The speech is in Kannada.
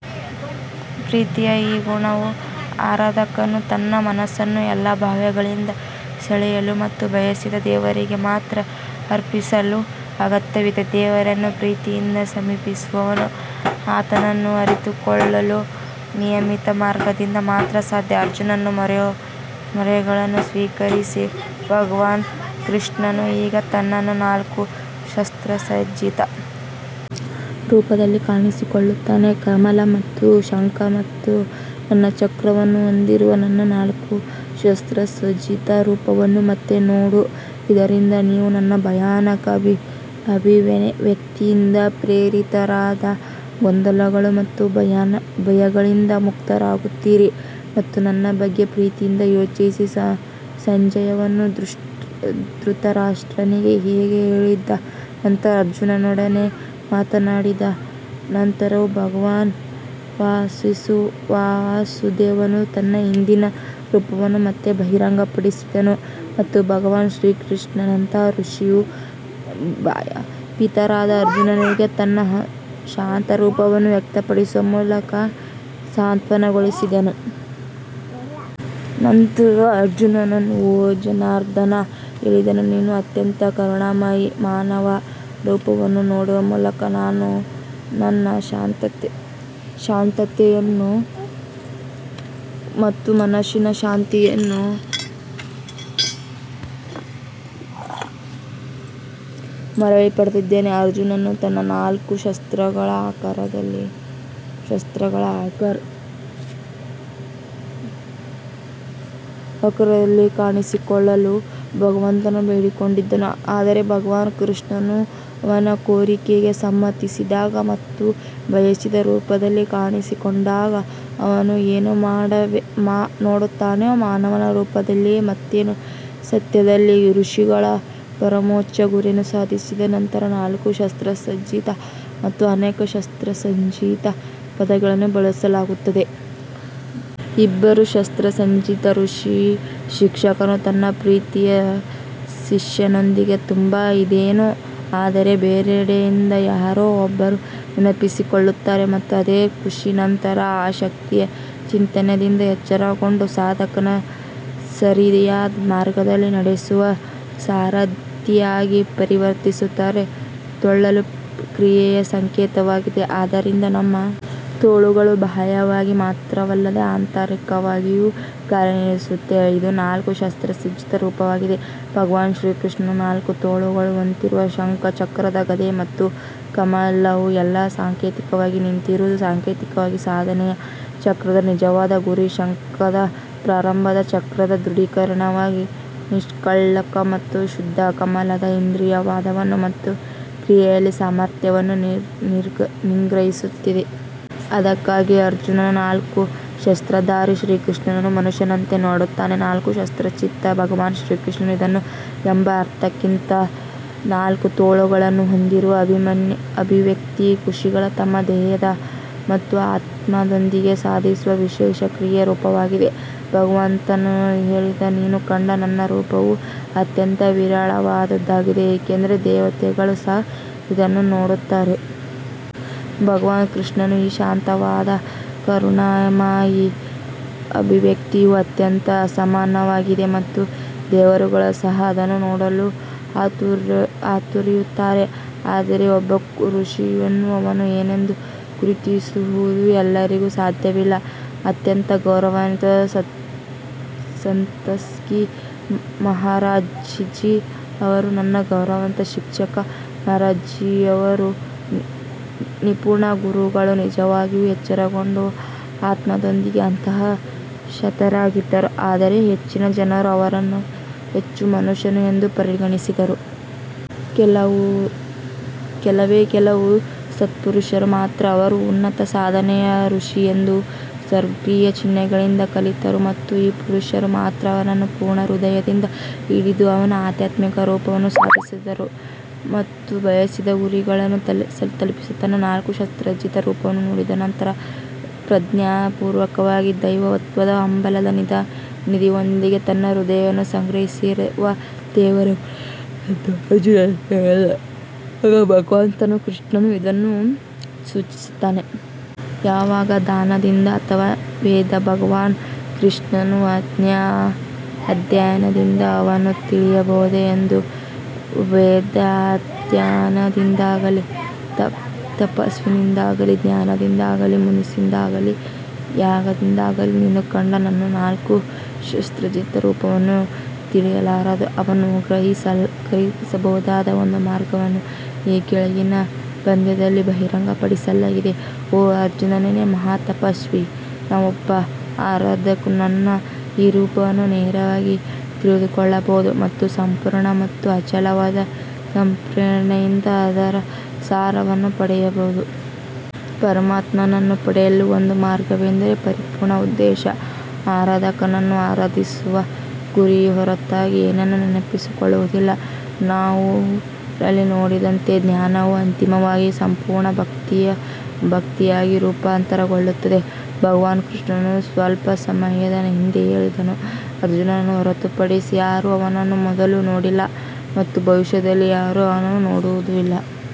ಪ್ರೀತಿಯ ಈ ಗುಣವು ಆರಾಧಕನು ತನ್ನ ಮನಸ್ಸನ್ನು ಎಲ್ಲಾ ಬಾಹ್ಯಗಳಿಂದ ಸೆಳೆಯಲು ಮತ್ತು ಬಯಸಿದ ದೇವರಿಗೆ ಮಾತ್ರ ಅರ್ಪಿಸಲು ಅಗತ್ಯವಿದೆ ದೇವರನ್ನು ಪ್ರೀತಿಯಿಂದ ಸಮೀಪಿಸುವವನು ಆತನನ್ನು ಅರಿತುಕೊಳ್ಳಲು ನಿಯಮಿತ ಮಾರ್ಗದಿಂದ ಮಾತ್ರ ಸಾಧ್ಯ ಅರ್ಜುನನ ಮೊರೆಗಳನ್ನು ಸ್ವೀಕರಿಸಿ ಭಗವಾನ್ ಕೃಷ್ಣನು ಈಗ ತನ್ನ ನಾಲ್ಕು ಶಸ್ತ್ರಸಜ್ಜಿತ ರೂಪದಲ್ಲಿ ಕಾಣಿಸಿಕೊಳ್ಳುತ್ತಾನೆ ಕಮಲ ಮತ್ತು ಶಂಖ ಮತ್ತು ನನ್ನ ಚಕ್ರವನ್ನು ಹೊಂದಿರುವ ನನ್ನ ನಾಲ್ಕು ಶಸ್ತ್ರಸಜ್ಜಿತ ರೂಪವನ್ನು ಮತ್ತೆ ನೋಡು, ಇದರಿಂದ ನೀವು ನನ್ನ ಭಯಾನಕ ಅಭಿವ್ಯಕ್ತಿಯಿಂದ ಪ್ರೇರಿತರಾದ ಗೊಂದಲಗಳು ಮತ್ತು ಭಯಗಳಿಂದ ಮುಕ್ತರಾಗುತ್ತೀರಿ ಮತ್ತು ನನ್ನ ಬಗ್ಗೆ ಪ್ರೀತಿಯಿಂದ ಯೋಚಿಸಿ ಸಂಜಯನು ಧೃತರಾಷ್ಟ್ರನಿಗೆ ಹೀಗೆ ಹೇಳಿದ ನಂತರ ಅರ್ಜುನನೊಡನೆ ಮಾತನಾಡಿದ ನಂತರ ಭಗವಾನ್ ವಾಸುದೇವನು ತನ್ನ ಹಿಂದಿನ ರೂಪವನ್ನು ಮತ್ತೆ ಬಹಿರಂಗಪಡಿಸಿದನು ಮತ್ತು ಭಗವಾನ್ ಶ್ರೀಕೃಷ್ಣನಂತಹ ಋಷಿಯು ಭಯಭೀತರಾದ ಅರ್ಜುನನಿಗೆ ತನ್ನ ಶಾಂತ ರೂಪವನ್ನು ವ್ಯಕ್ತಪಡಿಸುವ ಮೂಲಕ ಸಾಂತ್ವನಗೊಳಿಸಿದನು. ನಂತರ ಅರ್ಜುನನು ಓ ಜನಾರ್ದನ್ ಹೇಳಿದನು, ನಿನ್ನ ಅತ್ಯಂತ ಕರುಣಾಮಯಿ ಮಾನವ ರೂಪವನ್ನು ನೋಡುವ ಮೂಲಕ ನಾನು ನನ್ನ ಶಾಂತತೆಯನ್ನು ಮತ್ತು ಮನಸ್ಸಿನ ಶಾಂತಿಯನ್ನು ಮರಳಿ ಪಡೆದಿದ್ದೇನೆ. ಅರ್ಜುನನು ತನ್ನ ನಾಲ್ಕು ಶಸ್ತ್ರಗಳ ಆಕಾರದಲ್ಲಿ ಕಾಣಿಸಿಕೊಳ್ಳಲು ಭಗವಂತನನ್ನು ಬೇಡಿಕೊಂಡಿದ್ದನು ಆದರೆ ಭಗವಾನ್ ಕೃಷ್ಣನು ಅವನ ಕೋರಿಕೆಗೆ ಸಮ್ಮತಿಸಿದಾಗ ಮತ್ತು ಬಯಸಿದ ರೂಪದಲ್ಲಿ ಕಾಣಿಸಿಕೊಂಡಾಗ ಅವನು ಏನು ನೋಡುತ್ತಾನೆ ಮಾನವ ರೂಪವಲ್ಲದೆ ಮತ್ತೇನು ಸತ್ಯದಲ್ಲಿ ಋಷಿಗಳು ಪರಮೋಚ್ಚ ಗುರಿಯನ್ನು ಸಾಧಿಸಿದ ನಂತರ ನಾಲ್ಕು ಶಸ್ತ್ರಸಜ್ಜಿತ ಮತ್ತು ಅನೇಕ ಶಸ್ತ್ರಸಜ್ಜಿತ ಪದಗಳನ್ನು ಬಳಸಲಾಗುತ್ತದೆ. ಇಬ್ಬರು ಶಸ್ತ್ರಸಜ್ಜಿತ ಋಷಿ ಶಿಕ್ಷಕನು ತನ್ನ ಪ್ರೀತಿಯ ಶಿಷ್ಯನೊಂದಿಗೆ ತುಂಬಾ ಇದ್ದಾನೆ ಆದರೆ ಬೇರೆಡೆಯಿಂದ ಯಾರೋ ಒಬ್ಬರು ನೆನಪಿಸಿಕೊಳ್ಳುತ್ತಾರೆ ಮತ್ತು ಅದೇ ಋಷಿ ನಂತರ ಆ ಶಕ್ತಿಯ ಚೈತನ್ಯದಿಂದ ಎಚ್ಚರಗೊಂಡು ಸಾಧಕನನ್ನು ಸರಿಯಾದ ಮಾರ್ಗದಲ್ಲಿ ನಡೆಸುವ ಸಾರಥಿಯಾಗಿ ಪರಿವರ್ತಿಸುತ್ತಾರೆ. ತೋಳು ಕ್ರಿಯೆಯ ಸಂಕೇತವಾಗಿದೆ ಆದ್ದರಿಂದ ನಮ್ಮ ತೋಳುಗಳು ಬಾಹ್ಯವಾಗಿ ಮಾತ್ರವಲ್ಲದೆ ಆಂತರಿಕವಾಗಿಯೂ ಕಾರ್ಯನಿರ್ವಹಿಸುತ್ತವೆ ಇದು ನಾಲ್ಕು ಶಸ್ತ್ರಸಜ್ಜಿತ ರೂಪವಾಗಿದೆ ಭಗವಾನ್ ಶ್ರೀಕೃಷ್ಣನ ನಾಲ್ಕು ತೋಳುಗಳು ಹೊತ್ತಿರುವ ಶಂಖ ಚಕ್ರದ ಗದೆ ಮತ್ತು ಕಮಲವು ಎಲ್ಲಾ ಸಾಂಕೇತಿಕವಾಗಿ ನಿಂತಿರುವುದು ಸಾಂಕೇತಿಕವಾಗಿ, ಸಾಧನೆಯ ಚಕ್ರದ ನಿಜವಾದ ಗುರಿ ಶಂಖದ ಪ್ರಾರಂಭದ ಚಕ್ರದ ದೃಢೀಕರಣಕ್ಕಾಗಿ ನಿಷ್ಕಳಂಕ ಮತ್ತು ಶುದ್ಧ ಕಮಲದ ಇಂದ್ರಿಯ ವಾದವನ್ನು ಮತ್ತು ಕ್ರಿಯೆಯಲ್ಲಿ ಸಾಮರ್ಥ್ಯವನ್ನು ನಿಗ್ರಹಿಸುತ್ತದೆ. ಅದಕ್ಕಾಗಿಯೇ ಅರ್ಜುನನು ನಾಲ್ಕು ಶಸ್ತ್ರಧಾರಿ ಶ್ರೀಕೃಷ್ಣನನ್ನು ಮನುಷ್ಯನಂತೆ ನೋಡುತ್ತಾನೆ ನಾಲ್ಕು ಶಸ್ತ್ರಸಜ್ಜಿತ ಭಗವಾನ್ ಕೃಷ್ಣನು ಇದ್ದನು ಎಂಬ ಅರ್ಥಕ್ಕಿಂತ ನಾಲ್ಕು ತೋಳುಗಳನ್ನು ಹೊಂದಿರುವ ಅಭಿವ್ಯಕ್ತಿ ಋಷಿಗಳು ತಮ್ಮ ದೇಹ ಮತ್ತು ಆತ್ಮದೊಂದಿಗೆ ಸಾಧಿಸುವ ವಿಶೇಷ ಕ್ರಿಯೆಯ ರೂಪಕವಾಗಿದೆ. ಭಗವಂತನು ಹೇಳಿದನು ನೀನು ಕಂಡ ನನ್ನ ಈ ರೂಪವು ಅತ್ಯಂತ ವಿರಳವಾದುದಾಗಿದೆ ಏಕೆಂದರೆ ದೇವತೆಗಳೂ ಸಹ ಇದನ್ನು ನೋಡುತ್ತಾರೆ. ಭಗವಾನ್ ಕೃಷ್ಣನ ಈ ಶಾಂತವಾದ ಕರುಣಾಮಯಿ ಅಭಿವ್ಯಕ್ತಿಯು ಅತ್ಯಂತ ಅಸಾಮಾನ್ಯವಾಗಿದೆ ಮತ್ತು ದೇವರುಗಳು ಸಹ ಅದನ್ನು ನೋಡಲು ಹಾತೊರೆಯುತ್ತಾರೆ ಅಂದರೆ ಒಬ್ಬ ಋಷಿಯನ್ನು ಅವನು ಏನೆಂದು ಗುರುತಿಸುವುದು ಎಲ್ಲರಿಗೂ ಸಾಧ್ಯವಿಲ್ಲ ಅತ್ಯಂತ ಗೌರವಾನ್ವಿತ ಸತ್ಸಂಗಿ ಮಹಾರಾಜ್ ಜೀ ಅವರು ನನ್ನ ಗೌರವಾನ್ವಿತ ಶಿಕ್ಷಕ ಮಹಾರಾಜ್ ಜಿಯವರ ನಿಪುಣ ಗುರುಗಳು ನಿಜವಾಗಿಯೂ ಎಚ್ಚರಗೊಂಡ ಆತ್ಮದೊಂದಿಗೆ ಅಂತಹ ಸಂತರಾಗಿದ್ದರು ಆದರೆ ಹೆಚ್ಚಿನ ಜನರು ಅವರನ್ನು ಹುಚ್ಚು ಮನುಷ್ಯ ಎಂದು ಪರಿಗಣಿಸಿದರು. ಕೆಲವೇ ಕೆಲವು ಸತ್ಪುರುಷರು ಮಾತ್ರ ಅವರು ಉದಾತ್ತ ಸಾಧನೆಯ ಋಷಿ ಎಂದು ಸ್ವರ್ಗೀಯ ಚಿಹ್ನೆಗಳಿಂದ ಕಲಿತರು ಮತ್ತು ಈ ಪುರುಷರು ಮಾತ್ರ ಅವನನ್ನು ಪೂರ್ಣ ಹೃದಯದಿಂದ ಹಿಡಿದು ಅವನ ಆಧ್ಯಾತ್ಮಿಕ ರೂಪವನ್ನು ಸಾಧಿಸಿದರು ಮತ್ತು ಬಯಸಿದ ಗುರಿಯನ್ನು ತಲುಪಿದರು. ತನ್ನ ನಾಲ್ಕು ಶಸ್ತ್ರಸಜ್ಜಿತ ರೂಪವನ್ನು ನೋಡಿದ ನಂತರ ಪ್ರಜ್ಞಾಪೂರ್ವಕವಾಗಿ ದೈವತ್ವದ ಹಂಬಲದ ನಿಧಿಯೊಂದಿಗೆ ತಮ್ಮ ಹೃದಯವನ್ನು ಸಂಗ್ರಹಿಸಿರುವ ದೇವರುಗಳು ಎಂದು ಅರ್ಜುನನಿಗೆ ಹೇಳಿದಾಗ ಭಗವಾನ್ ಕೃಷ್ಣನು ಇದನ್ನು ಸೂಚಿಸುತ್ತಾನೆ. ಯಾಗದ ದಾನದಿಂದ ಅಥವಾ ವೇದ ಭಗವಾನ್ ಕೃಷ್ಣನ ಅಧ್ಯಯನದಿಂದ ಅವನು ತಿಳಿಯಬಹುದೇ ಎಂದು ವೇದಾಧ್ಯಯನದಿಂದಾಗಲಿ, ತಪಸ್ಸಿನಿಂದಾಗಲಿ, ದಾನದಿಂದಾಗಲಿ, ಮುನಿಸಿನಿಂದಾಗಲಿ, ಯಾಗದಿಂದಾಗಲಿ, ನೀನು ಕಂಡ ನನ್ನ ನಾಲ್ಕು ಶಸ್ತ್ರಸಜ್ಜಿತ ರೂಪವು ತಿಳಿಯಲಾರದು. ಅವನು ಗ್ರಹಿಸಬಹುದಾದ ಒಂದು ಮಾರ್ಗವನ್ನು ಈ ಕೆಳಗಿನ ಪದ್ಯದಲ್ಲಿ ಬಹಿರಂಗಪಡಿಸಲಾಗಿದೆ ಓ ಅರ್ಜುನನೇ, ಮಹಾ ತಪಸ್ಸಿನ ಒಬ್ಬ ಆರಾಧಕನು ನನ್ನ ಈ ರೂಪವನ್ನು ನೇರವಾಗಿ ತಿಳಿದುಕೊಳ್ಳಬಹುದು ಮತ್ತು ಸಂಪೂರ್ಣ ಮತ್ತು ಅಚಲವಾದ ಸಮರ್ಪಣೆಯಿಂದ ಅದರ ಸಾರವನ್ನು ಪಡೆಯಬಹುದು. ಪರಮಾತ್ಮನನ್ನು ಪಡೆಯಲು ಒಂದು ಮಾರ್ಗವೆಂದರೆ ಪರಿಪೂರ್ಣ ಉದ್ದೇಶ, ಆರಾಧಕನು ಆರಾಧಿಸುವ ಗುರಿಯ ಹೊರತಾಗಿ ಏನನ್ನೂ ನೆನಪಿಸಿಕೊಳ್ಳುವುದಿಲ್ಲ ನಾವು ರಲ್ಲಿ ನೋಡಿದಂತೆ ಜ್ಞಾನವೂ ಅಂತಿಮವಾಗಿ ಸಂಪೂರ್ಣ ಭಕ್ತಿಯಾಗಿ ರೂಪಾಂತರಗೊಳ್ಳುತ್ತದೆ ಭಗವಾನ್ ಕೃಷ್ಣನು ಸ್ವಲ್ಪ ಸಮಯದ ಹಿಂದೆ ಹೇಳಿದನು, ಅರ್ಜುನನನ್ನು ಹೊರತುಪಡಿಸಿ ಯಾರೂ ಅವನನ್ನು ಮೊದಲು ನೋಡಿಲ್ಲ ಮತ್ತು ಭವಿಷ್ಯದಲ್ಲಿ ಯಾರೂ ಅವನನ್ನು ನೋಡುವುದಿಲ್ಲ.